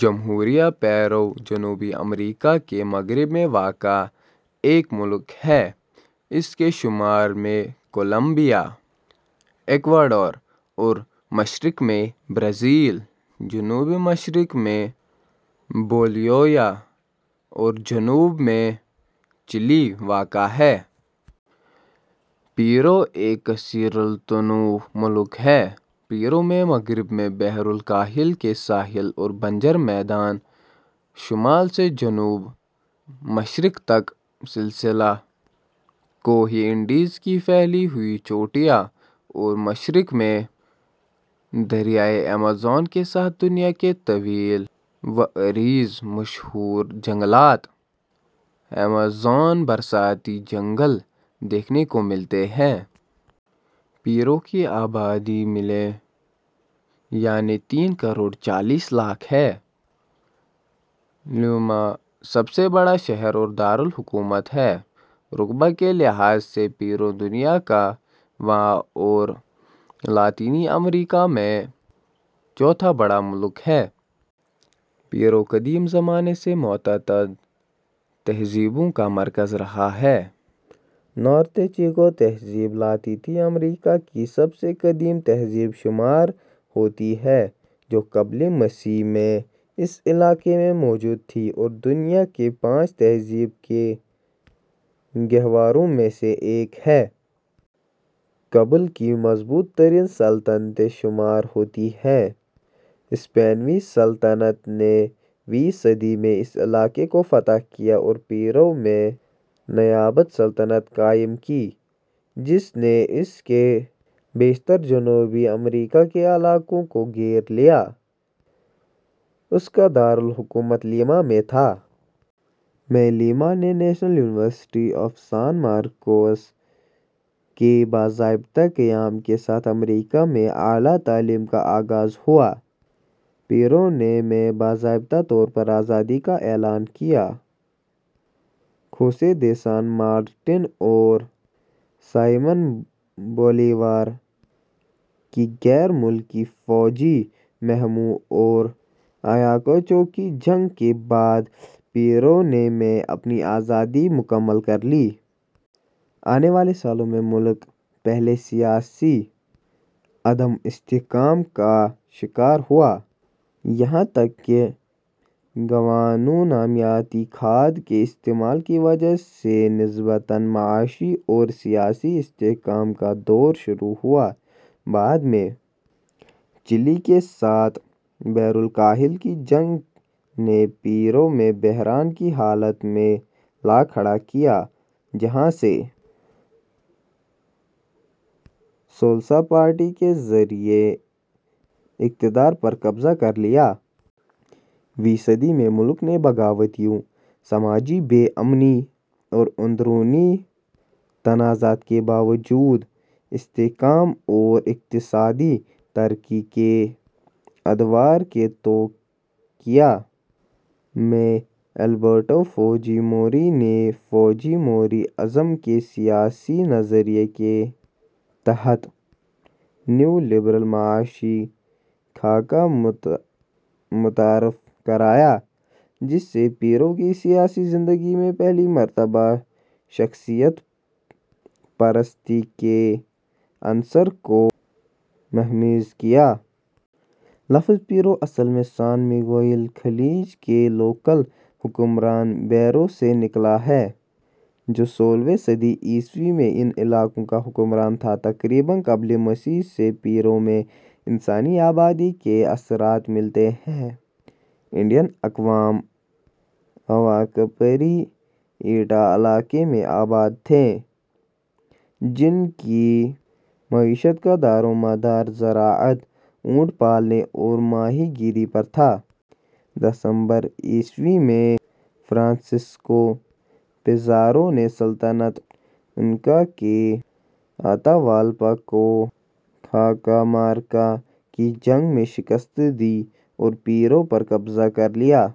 جمہوریہ پیرو جنوبی امریکا کے مغرب میں واقع ایک ملک ہے۔ اس کے شمال میں کولمبیا ، ایکواڈور اور مشرق میں برازیل ، جنوب مشرق میں بولیویا اور جنوب میں چلی واقع ہے۔ پیرو ایک کثیر التنوع ملک ہے پیرو میں مغرب میں بحر الکاہل کے ساحل اور بنجر میدان، شمال سے جنوب مشرق تک سلسلہ کوہ انڈیز کی پھیلی ہوئی چوٹیاں اور مشرق میں دریائے ایمیزون کے ساتھ دنیا کے طویل وعریض مشہور جنگلات ایمیزون برساتی جنگل دیکھنے کو ملتے ہیں۔ پیرو کی آبادی ملین یعنی تین کروڑ چالیس لاکھ ہے، لیما سب سے بڑا شہر اور دار الحکومت ہے رقبہ کے لحاظ سے پیرو دنیا کا واں اور لاطینی امریکہ میں چوتھا بڑا ملک ہے۔ پیرو قدیم زمانے سے متعدد تہذیبوں کا مرکز رہا ہے۔ نورتے چیکو تہذیب لاطینی امریکا کی سب سے قدیم تہذیب شمار ہوتی ہے جو قبل مسیح میں اس علاقے میں موجود تھی اور دنیا کے پانچ تہذیب کے گہواروں میں سے ایک ہے۔ قبل کی مضبوط ترین سلطنتیں شمار ہوتی ہیں ہسپانوی سلطنت نے ویں صدی میں اس علاقے کو فتح کیا اور پیرو میں نیابت سلطنت قائم کی جس نے اس کے بیشتر جنوبی امریکا کے علاقوں کو گھیر لیا، اس کا دار الحکومت لیما میں تھا۔ میں لیما میں National University of San Marcos کے باضابطہ قیام کے ساتھ امریکا میں اعلیٰ تعلیم کا آغاز ہوا۔ پیرو نے میں باضابطہ طور پر آزادی کا اعلان کیا۔ خوسے دے سان مارٹن اور سائمن بولیوار کی غیر ملکی فوجی مہموں اور آیاکوچو کی جنگ کے بعد پیرو نے میں اپنی آزادی مکمل کر لی۔ آنے والے سالوں میں، ملک پہلے سیاسی عدم استحکام کا شکار ہوا یہاں تک کہ گوآنو نامیاتی کھاد کے استعمال کی وجہ سے نسبتاً معاشی اور سیاسی استحکام کا دور شروع ہوا۔ بعد میں، چلی کے ساتھ بحرالکاہل کی جنگ نے پیرو کو بحران کی حالت میں لا کھڑا کیا، جہاں سے سولسٹا پارٹی کے ذریعے اقتدار پر قبضہ کر لیا۔ ویں صدی میں، ملک نے بغاوتوں، سماجی بے امنی اور اندرونی تنازعات کے باوجود استحکام اور اقتصادی ترقی کے ادوار کو طے کیا۔ میں البرٹو فوجی موری نے فوجی موری ازم کے سیاسی نظریہ کے تحت نیو لبرل معاشی خاکہ متعارف کرایا جس نے پیرو کی سیاسی زندگی میں پہلی مرتبہ شخصیت پرستی کے عنصر کو مہمیز کیا۔ لفظ پیرو اصل میں سان میگوئل خلیج کے لوکل حکمران بیرو سے نکلا ہے جو سولہویں صدی عیسوی میں ان علاقوں کا حکمران تھا تقریباً قبل مسیح سے پیرو میں انسانی آبادی کے اثرات ملتے ہیں انڈین اقوام او اکا پری ایٹا علاقے میں آباد تھیں جن کی معیشت کا دارومدار زراعت، اونٹ پالنے اور ماہی گیری پر تھا۔ دسمبر عیسوی میں فرانسسکو پیزارو نے سلطنت انکا کے آتاوالپا کو کاخامارکا کی جنگ میں شکست دی اور پیرو پر قبضہ کر لیا۔